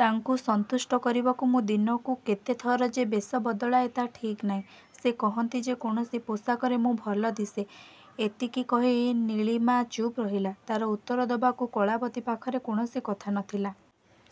ତାଙ୍କୁ ସନ୍ତୁଷ୍ଟ କରିବାକୁ ମୁଁ ଦିନକୁ କେତେଥର ଯେ' ବେଶ ବଦଳାଏ ତା' ଠିକ୍ ନାହିଁ। ସେ କହନ୍ତି, ଯେ କୌଣସି ପୋଷାକରେ ମୁଁ ଭଲ ଦିଶେ। ଏତିକି କହି ନୀଳିମା ଚୁପ୍ ରହିଲା। ତାର ଉତ୍ତର ଦେବାକୁ କଳାବତୀ ପାଖରେ କୌଣସି କଥା ନଥିଲା।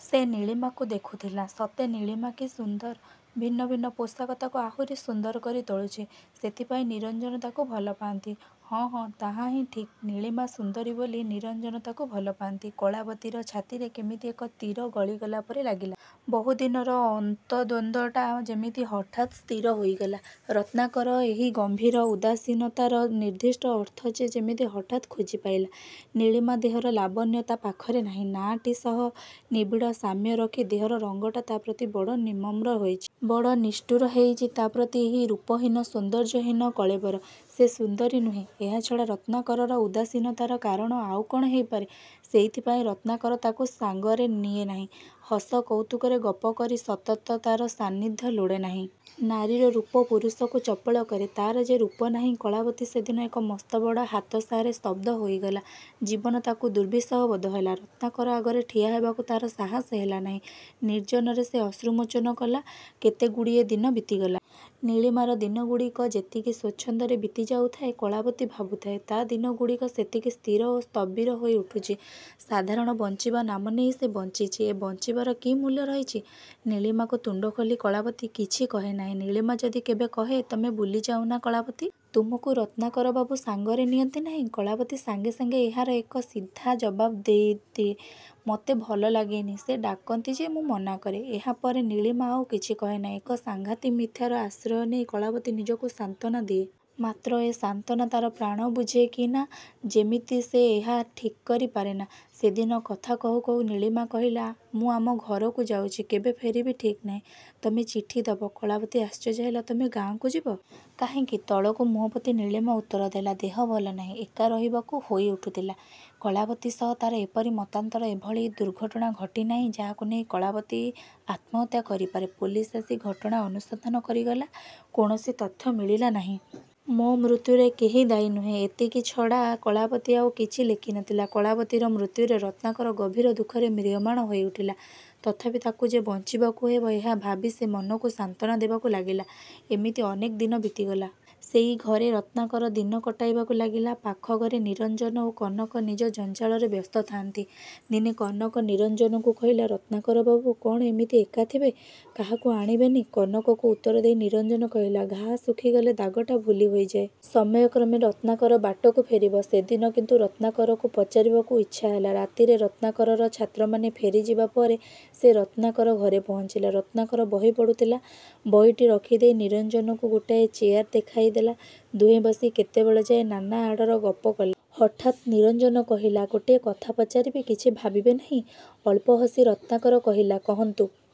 ସେ ନୀଳିମାକୁ ଦେଖୁଥିଲା, ସତେ ନୀଳିମା କି ସୁନ୍ଦର। ଭିନ୍ନ ଭିନ୍ନ ପୋଷାକ ତାକୁ ଆହୁରି ସୁନ୍ଦର କରି ତୋଳୁଛି। ସେଥିପାଇଁ ନିରଞ୍ଜନ ତାକୁ ଭଲପାନ୍ତି? ହଁ, ହଁ, ତାହାହିଁ ଠିକ୍! ନୀଳିମା ସୁନ୍ଦରୀ ବୋଲି ନିରଞ୍ଜନ ତାକୁ ଭଲପାନ୍ତି। କଳାବତୀର ଛାତିରେ କେମିତି ଏକ ତୀର ଗଳିଗଲା ପରି ଲାଗିଲା। ବହୁଦିନର ଅନ୍ତର୍ଦ୍ୱନ୍ଦ୍ୱଟା ଯେମିତି ହଠାତ୍ ସ୍ଥିର ହୋଇଗଲା। ରତ୍ନାକର ଏହି ଗମ୍ଭୀର ଉଦାସୀନତାର ନିର୍ଦ୍ଦିଷ୍ଟ ଅର୍ଥ ସେ ଯେମିତି ହଠାତ୍ ଖୋଜି ପାଇଲା। ନୀଳିମା ଦେହର ଲାବଣ୍ୟ ତା' ପାଖରେ ନାହିଁ। ନାଁଟି ସହ ନିବିଡ଼ ସାମ୍ୟ ରଖି, ଦେହର ରଙ୍ଗଟା ତା' ପ୍ରତି ବଡ଼ ନିର୍ମମ ହୋଇଚି। ବଡ଼ ନିଷ୍ଠୁର ହେଇଚି ତା' ପ୍ରତି ଏହି ରୂପହୀନ ସୌନ୍ଦର୍ଯ୍ୟହୀନ କଳେବର। ସେ ସୁନ୍ଦରୀ ନୁହେଁ। ଏହାଛଡ଼ା ରତ୍ନାକରର ଉଦାସୀନତାର କାରଣ ଆଉ କ'ଣ ହୋଇପାରେ। ସେଇଥିପାଇଁ ରତ୍ନାକର ତାକୁ ସାଙ୍ଗରେ ନିଏ ନାହିଁ। ହସ କୌତୁକରେ ଗପ କରି ସତତ ତାର ସାନ୍ନିଧ୍ୟ ଲୋଡ଼େ ନାହିଁ। ନାରୀର ରୂପ ପୁରୁଷକୁ ଚପଳ କରେ। ତାର ଯେ ରୂପ ନାହିଁ! କଳାବତୀ ସେଦିନ ଏକ ମସ୍ତବଡ଼ ହାତଶାରେ ସ୍ତବ୍ଧ ହୋଇଗଲା। ଜୀବନ ତାକୁ ଦୁର୍ବିସହ ବୋଧହେଲା। ରତ୍ନାକର ଆଗରେ ଠିଆ ହେବାକୁ ତାର ସାହସ ହେଲା ନାହିଁ। ନିର୍ଜନରେ ସେ ଅଶ୍ରୁମୋଚନ କଲା। କେତେଗୁଡ଼ିଏ ଦିନ ବିତିଗଲା। ନୀଳିମାର ଦିନଗୁଡ଼ିକ ଯେତିକି ସ୍ୱଚ୍ଛନ୍ଦରେ ବିତି ଯାଉଥାଏ, କଳାବତୀ ଭାବୁଥାଏ, ତା' ଦିନଗୁଡ଼ିକ ସେତିକି ସ୍ଥିର ଓ ସ୍ଥବିର ହୋଇ ଉଠୁଚି। ସାଧାରଣ ବଞ୍ଚିବା ନାମ ନେଇ ସେ ବଞ୍ଚିଚି। ଏ ବଞ୍ଚିବାର କି ମୂଲ୍ୟ ରହିଚି? ନୀଳିମାକୁ ତୁଣ୍ଡ ଖୋଲି କଳାବତୀ କିଛି କହେନାହିଁ, ନୀଳିମା ଯଦି କେବେ କହେ, ତମେ ବୁଲିଯାଉନା କଳାବତୀ? ତୁମକୁ ରତ୍ନାକରବାବୁ ସାଙ୍ଗରେ ନିଅନ୍ତି ନାହିଁ? କଳାବତୀ ସାଙ୍ଗେ ସାଙ୍ଗେ ଏହାର ଏକ ସିଧା ଜବାବ ଦେଇଦିଏ—ମତେ ଭଲ ଲାଗେନି, ସେ ଡାକନ୍ତି ଯେ ମୁଁ ମନା କରେ। ଏହାପରେ ନୀଳିମା ଆଉ କିଛି କହେ ନାହିଁ। ଏକ ସାଙ୍ଘାତିକ ମିଥ୍ୟାର ଆଶ୍ରୟ ନେଇ କଳାବତୀ ନିଜକୁ ସାନ୍ତ୍ୱନା ଦିଏ। ମାତ୍ର ଏ ସାନ୍ତ୍ୱନା ତାର ପ୍ରାଣ ବୁଝେ କି ନା, ଯେମିତି ସେ ଏହା ଠିକ୍କରି ପାରେନା। ସେଦିନ କଥା କହୁ କହୁ ନୀଳିମା କହିଲା–ମୁଁ ଆମ ଘରକୁ ଯାଉଚି। କେବେ ଫେରିବି ଠିକ୍ ନାହିଁ। ତମେ ଚିଠି ଦବ? କଳାବତୀ ଆଶ୍ଚର୍ଯ୍ୟ ହେଲା–ତମେ ଗାଁକୁ ଯିବ? କାହିଁକି? ତଳକୁ ମୁହଁପୋତି ନୀଳିମା ଉତ୍ତର ଦେଲା-ଦେହ ଭଲ ନାହିଁ। ଏକା ରହିବାକୁ। ହୋଇ ଉଠୁଥିଲା। କଳାବତୀ ସହ ତାର ଏପରି ମତାନ୍ତର, ଏଭଳି ଦୁର୍ଘଟଣା ଘଟି ନାହିଁ ଯାହାକୁ ନେଇ କଳାବତୀ ଆତ୍ମହତ୍ୟା କରିପାରେ। ପୋଲିସ ଆସି ଘଟଣା ଅନୁସନ୍ଧାନ କରିଗଲା। କୌଣସି ତଥ୍ୟ ମିଳିଲା ନାହିଁ। ମୋ ମୃତ୍ୟୁରେ କେହି ଦାୟୀ ନୁହେଁ, ଏତିକି ଛଡ଼ା କଳାବତୀ ଆଉ କିଛି ଲେଖି ନଥିଲା। କଳାବତୀର ମୃତ୍ୟୁରେ ରତ୍ନାକର ଗଭୀର ଦୁଃଖରେ ମ୍ରିୟମାଣ ହୋଇ ଉଠିଲା। ତଥାପି ତାକୁ ଯେ ବଞ୍ଚିବାକୁ ହେବ, ଏହା ଭାବି ସେ ମନକୁ ସାନ୍ତ୍ୱନା ଦେବାକୁ ଲାଗିଲା। ଏମିତି ଅନେକ ଦିନ ବିତିଗଲା। ସେଇ ଘରେ ରତ୍ନାକର ଦିନ କଟେଇବାକୁ ଲାଗିଲା। ପାଖ ଘରେ ନିରଞ୍ଜନ ଓ କନକ ନିଜ ଜଞ୍ଜାଳରେ ବ୍ୟସ୍ତଥାନ୍ତି। ଦିନେ କନକ ନିରଞ୍ଜନକୁ କହିଲା, ରତ୍ନାକର ବାବୁ କଣ ଏମିତି ଏକା ଥିବେ? କାହାକୁ ଆଣିବେନି? କନକକୁ ଉତ୍ତର ଦେଇ ନିରଞ୍ଜନ କହିଲା, ଘା' ଶୁଖିଗଲେ ଦାଗଟା ଭୁଲି ହେଇଯାଏ। ସମୟ କ୍ରମେ ରତ୍ନାକର ବାଟକୁ ଫେରିବ। ସେଦିନ କିନ୍ତୁ ରତ୍ନାକରକୁ ପଚାରିବାକୁ ଇଚ୍ଛା ହେଲା। ରାତିରେ ରତ୍ନାକରର ଛାତ୍ରମାନେ ଫେରିଯିବାପରେ ସେ ରତ୍ନାକର ଘରେ ପହଞ୍ଚିଲା। ରତ୍ନାକର ବହି ପଢ଼ୁଥିଲା। ବହିଟି ରଖି ଦେଇ ନିରଞ୍ଜନକୁ ଗୋଟାଏ ଚେଆର ଦେଖାଇ ଦେଲା। ଦୁହେଁ ବସି କେତେବେଳଯାଏ ନାନାଆଡ଼ର ଗପ କଲେ। ହଠାତ୍ ନିରଞ୍ଜନ କହିଲା, ଗୋଟିଏ କଥା ପଚାରିବି, କିଛି ଭାବିବେ ନାହିଁ। ଅଳ୍ପ ହସି ରତ୍ନାକର କହିଲା, କହନ୍ତୁ!